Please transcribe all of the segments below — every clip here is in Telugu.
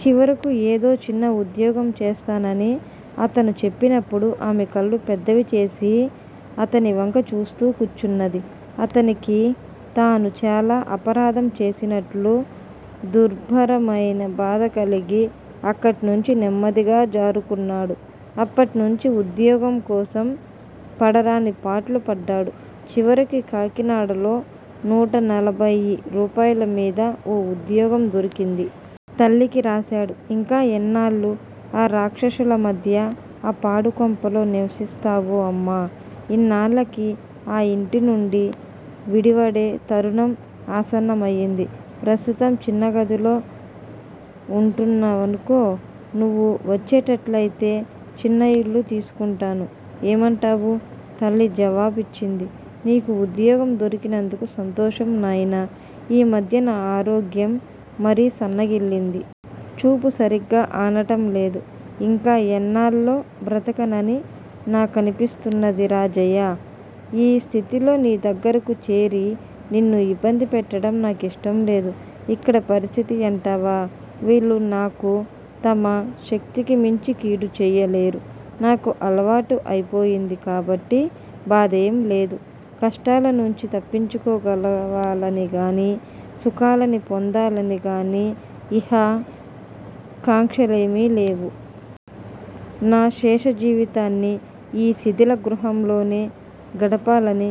చివరకు ఏదో చిన్న ఉద్యోగం చేస్తానని అతను చెప్పినప్పుడు ఆమెకళ్ళు పెద్దవిచేసి అతనివంక చూస్తూ కూచున్నది. అతనికి తాను చాలా అపరాధం చేసినట్లు దుర్భరమైన బాధకలిగి అక్కడ్నుంచి నెమ్మదిగా జారుకున్నాడు. అప్పట్నుంచీ ఉద్యోగంకోసం పడరాని పాట్లు పడ్డాడు. చివరికి కాకినాడలో నూటనలభయి రూపాయలమీద ఓ ఉద్యోగం దొరికింది. తల్లికి రాశాడు. ఇంకా ఎన్నాళ్ళు ఆ రాక్షసులమధ్య ఆ పాడుకొంపలో నివసిస్తావు అమ్మా! ఇనాళ్ళకి ఆ యింటినుండి విడివడే తరుణం ఆసన్నమయింది. ప్రస్తుతం చిన్నగదిలో వుంటున్నావనుకో. నువ్వు వచ్చేటట్లయితే చిన్నయిల్లు తీసుకుంటాను. ఏమంటావు? తల్లి జవాబు యిచ్చింది. నీకు ఉద్యోగం దొరికినందుకు సంతోషం నాయనా! ఈమధ్య నా ఆరోగ్యం మరీ సన్నగిల్లింది. చూపూ సరిగ్గా ఆనటం లేదు. ఇంకా ఎన్నాళ్ళో బ్రతకనని నాకనిపిస్తున్నదిరా జయా! ఈ స్థితిలో నీ దగ్గరకు చేరి నిన్ను యిబ్బందిపెట్టటం నాకిష్టంలేదు. ఇక్కడ పరిస్థితి అంటావా? వీళ్ళు నాకు తమ శక్తికిమించి కీడు చేయలేరు. నాకు అలవాటు అయిపోయింది కాబట్టి బాధేంలేదు. కష్టాలనుంచి తప్పించుకోగలవాలనిగాని, సుఖాలని పొందాలనిగాని యిహ కాంక్షలేమీ లేవు. నా శేషజీవితాన్ని యీ శిథిలగృహంలోనే గడపాలని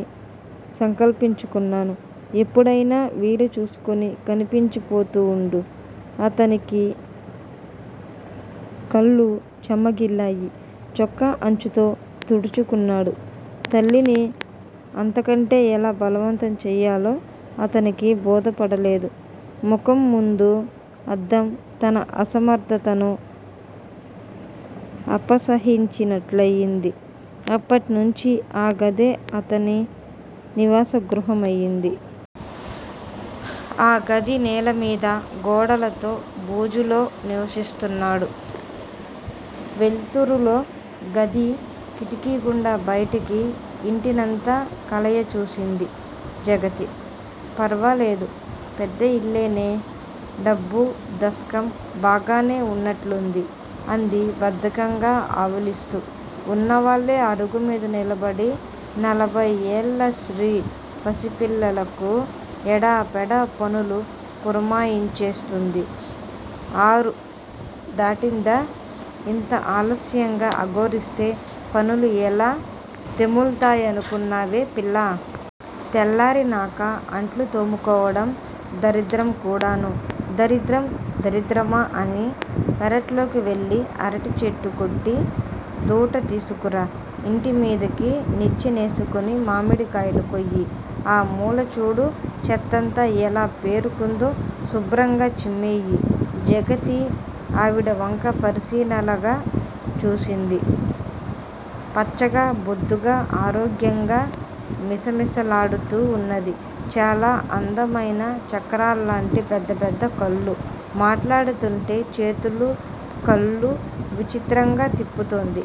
సంకల్పించుకున్నాను. ఎప్పుడైనా వీలుచూసుకుని కనిపించిపోతూ వుండు. అతనికి కళ్ళు చెమ్మగిల్లాయి. చొక్కా అంచుతో తుడుచుకున్నాడు. తల్లిని అంతకంటే ఎలా బలవంతం చెయ్యాలో అతనికి బోధపడలేదు. ముఖంముందు అద్దం తన అసమర్థతను అపసహింసిచినట్లయింది. అప్పట్నుంచే ఆ గదే అతని నివాసగృహం అయింది. ఆ గది నేలమీద, గోడలతో బూజులో నివసిస్తున్నాడు. వెల్తురులో గది కిటికీగుండా బయటి యింటినంతా కలయచూసింది జగతి. ఫర్వాలేదు. పెద్దయిల్లేనే. డబ్బూ, దస్కం బాగానే వున్నట్లుంది అంది బద్ధకంగా ఆవులిస్తూ. ఉన్నవాళ్ళే అరుగుమీద నిలబడి నలభైఏళ్ళ స్త్రీ పసిపిల్లలకు ఎడాపెడా పన్లు పురమాయించేస్తుంది. ఆరుదాటిందా? యింత ఆలస్యంగా అఘోరిస్తే పనులు ఎలా తెముల్తాయనుకున్నావే పిల్లా! తెల్లారినాక అంట్లు తోముకోవడం దరిద్రంకూడానూ. దరిద్రం దరిద్రమా అని. పెరట్లోకి వెళ్లి అరిటిచెట్టుకొట్టి దూట తీసుకురా. ఇంటిమీదికి నిచ్చెనేసుకుని మామిడికాయలు కొయ్యి. ఆ మూలచూడు. చెత్తంతా యెలా పేరుకుందో? శుభ్రంగా చిమ్మెయ్యి. జగతి ఆవిడవంక పరిశీలనగా చూసింది. పచ్చగా, బొద్దుగా, ఆరోగ్యంగా మిసమిసలాడుతూ వున్నది. చాలా అందమైన చక్రాల్లాంటి పెద్దపెద్ద కళ్ళు, మాట్లాడుతుంటే చేతులూ, కళ్ళూ విచిత్రంగా తిప్పుతోంది.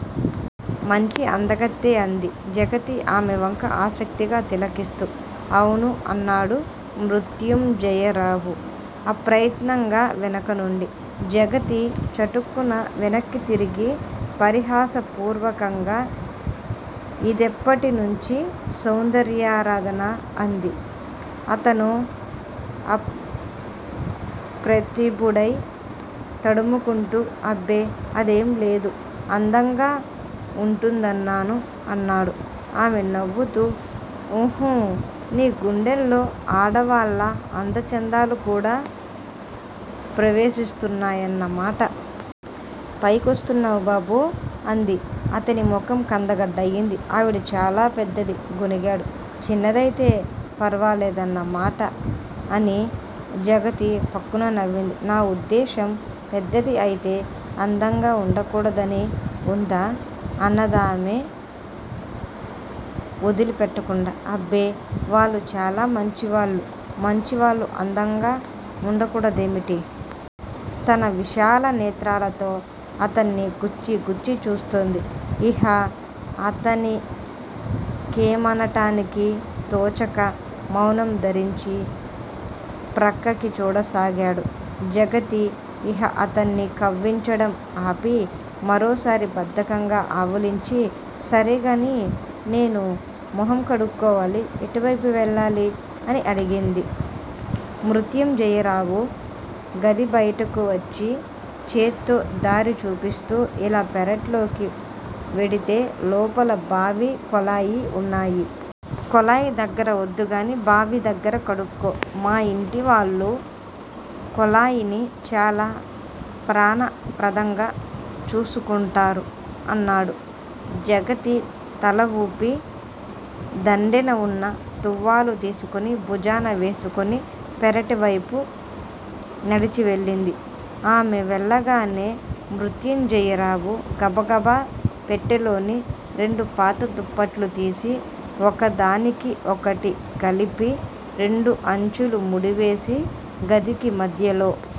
మంచి అందగత్తె అంది జగతి ఆమెవంక ఆసక్తిగా తిలకిస్తూ. అవును అన్నాడు మృత్యుంజయరావు అప్రయత్నంగా వెనకనుండి. జగతి చటుక్కున వెనక్కి తిరిగి పరిహాసపూర్వకంగా యిదెప్పటినుంచీ సౌందర్యారాధన అంది. అతను అప్రతిభుడై తడుముకుంటూ అబ్బే. అదేంలేదు. అందంగా వుంటుందన్నాను అన్నాడు. ఆమె నవ్వుతూ, ఊహూఁ, నీ గుండెల్లో ఆడవాళ్ళ అందచందాలు కూడా ప్రవేశిస్తున్నాయన్నమాట. పైకి వస్తున్నావు బాబూ! అంది. అతనిముఖం కందగడ్డ అయింది. ఆవిడ చాలా పెద్దది గొణిగాడు. చిన్నది అయితే ఫర్వాలేదన్నమాట అని జగతి ఫక్కున నవ్వింది. నా ఉద్దేశ్యం పెద్దది అయితే అందంగా వుండకూడదని వుందా? అన్నదామె వొదిలిపెట్టకుండా. అబ్బే, వాళ్ళు చాలా మంచివాళ్ళు. మంచివాళ్ళు అందంగా వుండకూడదేమిటి? తన విశాలనేత్రాలతో అతన్ని గుచ్చిగుచ్చి చూస్తోంది. ఇహ అతనికేమనటానికీ తోచక మౌనం ధరించి ప్రక్కకి చూడసాగాడు. జగతి యిహ అతన్ని కవ్వించడం ఆపి, మరోసారి బద్ధకంగా ఆవులించి సరేగాని, నేను మొహం కడుక్కోవాలి. ఎటువైపు వెళ్ళాలి? అని అడిగింది. మృత్యుంజయరావు గదిబయటకు వచ్చి చేత్తో దారి చూపిస్తూ ఇలా పెరట్లోకి వెడితే లోపల బావీ, కొళాయీ వున్నాయి. కొళాయి దగ్గర వద్దుగానీ, బావిదగ్గర కడుక్కో. మా యింటివాళ్ళు కొళాయిని చాలా ప్రాణప్రదంగా చూసుకుంటారు అన్నాడు. జగతి తల ఊపి, దండేనవున్న తువ్వాలు తీసుకుని భుజాన వేసుకుని, పెరటివైపు నడిచి వెళ్ళింది. ఆమె వెళ్ళగానే మృత్యుంజయరావు గబగబ పెట్టెలోని రెండు పాతదుప్పట్లు తీసి ఒకదానికి ఒకటి కలిపి రెండు అంచులూ ముడివేసి, గదికి మధ్యలో